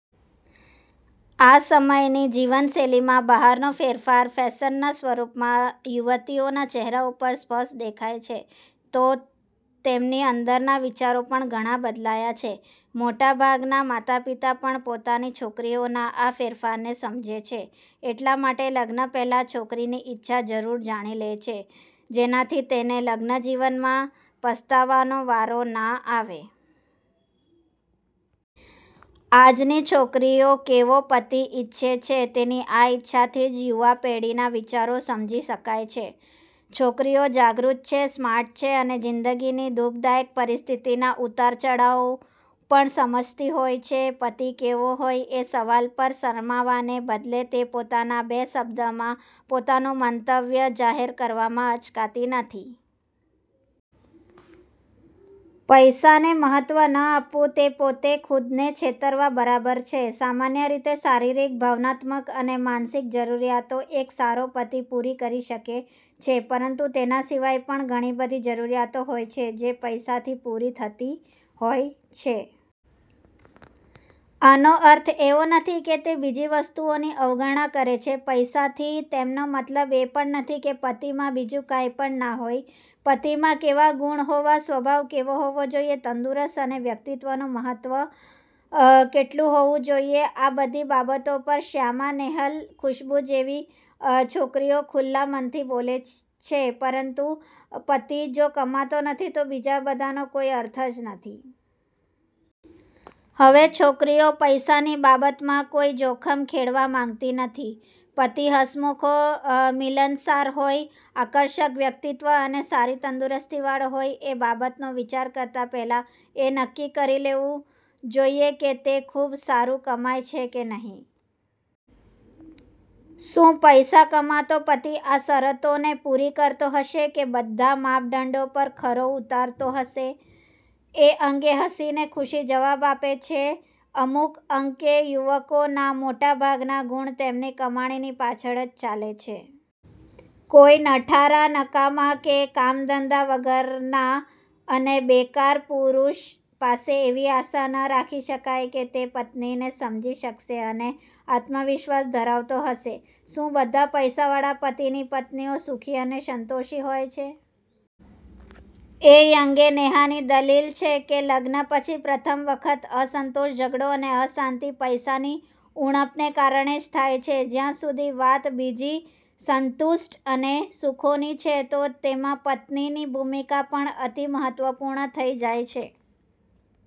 આ સમયની જીવનશૈલીમાં બહારનો ફેરફાર ફેશનના સ્વરૂપમાં યુવતીઓના ચહેરા ઉપર સ્પષ્ટ દેખાય છે તો તેમની અંદરના વિચારો પણ ઘણા બદલાયા છે. મોટાભાગનાં માતાપિતા પણ પોતાની છોકરીઓના આ ફેરફારને સમજે છે એટલા માટે લગ્ન પહેલાં છોકરીની ઈચ્છા જરૂર જાણી લે છે, જેનાથી તેને લગ્નજીવનમાં પસ્તાવાનો વારો ના આવે. આજની યુવતીઓ કેવો પતિ ઇચ્છે છે, તેની આ ઇચ્છાથી જ યુવા પેઢીના વિચારો સમજી શકાય છે. છોકરીઓ જાગૃત છે, સ્માર્ટ છે અને જિંદગીની દુ:ખદાયક પરિસ્થિતિના ઉતારચઢાવ પણ સમજતી હોય છે. પતિ કેવો હોય, એ સવાલ પર શરમાવાને બદલે તે પોતાના બે શબ્દોમાં પોતાનું મંતવ્ય જાહેર કરવામાં અચકાતી નથી. પૈસાને મહત્ત્વ ન આપવું તે પોતે ખુદને છેતરવા બરાબર છે. સામાન્ય રીતે શારીરિક, ભાવનાત્મક અને માનસિક જરૂરિયાતો એક સારો પતિ પૂરી કરી શકે છે, પરંતુ તેના સિવાય પણ ઘણીબધી જરૂરિયાતો હોય છે જે પૈસાથી પૂરી થતી હોય છે. આનો અર્થ એવો નથી કે તે બીજી વસ્તુઓની અવગણના કરે છે. પૈસાથી તેમનો મતલબ એ પણ નથી કે પતિમાં બીજું કાંઈ પણ ના હોય. પતિમાં કેવા ગુણ હોવા, સ્વભાવ કેવો હોવો જોઈએ, તંદુરસ્તી અને વ્યક્તિત્ત્વનું મહત્ત્વ કેટલું હોવું જોઈએ, આ બધી બાબતો પર શ્યામા, નેહલ, ખુશબૂ જેવી છોકરીઓ ખુલ્લા મનથી બોલે છે, પરંતુ પતિ જો કમાતો નથી તો બીજા બધાનો કોઈ અર્થ જ નથી. હવે છોકરીઓ પૈસાની બાબતમાં કોઈ જોખમ ખેડવા માંગતી નથી. પતિ હસમુખો, મિલનસાર હોય, આર્કષક વ્યક્તિત્વ અને સારી તંદુરસ્તીવાળો હોય, એ બાબતોનો વિચાર કરતાં પહેલાં એ નક્કી કરી લેવું જોઈએ કે તે ખૂબ સારું કમાય છે કે નહીં. શું પૈસા કમાતો પતિ આ શરતોને પૂરી કરતો હશે કે બધા માપદંડો પર ખરો ઊતરતો હશે? એ અંગે હસીને ખુશી જવાબ આપે છે, "અમુક અંશે યુવકોના મોટાભાગના ગુણ તેમની કમાણીની પાછળ જ ચાલે છે. કોઈ નઠારાનકામા કે કામધંધા વગરના અને બેકાર પુરુષ પાસે એવી આશા ન રાખી શકાય કે તે પત્નીને સમજી શકશે અને આત્મવિશ્વાસ ધરાવતો હશે. " શું બધા પૈસાવાળા પતિની પત્નીઓ સુખી અને સંતોષી હોય છે? એ અંગે નેહાની દલીલ છે કે લગ્ન પછી પ્રથમ વખત અસંતોષ, ઝઘડો અને અશાંતિ પૈસાની ઊણપને કારણે જ થાય છે. જ્યાં સુધી વાત બીજી સંતુષ્ટિ અને સુખોની છે, તો તેમાં પત્નીની ભૂમિકા પણ અતિ મહત્ત્વપૂર્ણ થઈ જાય છે.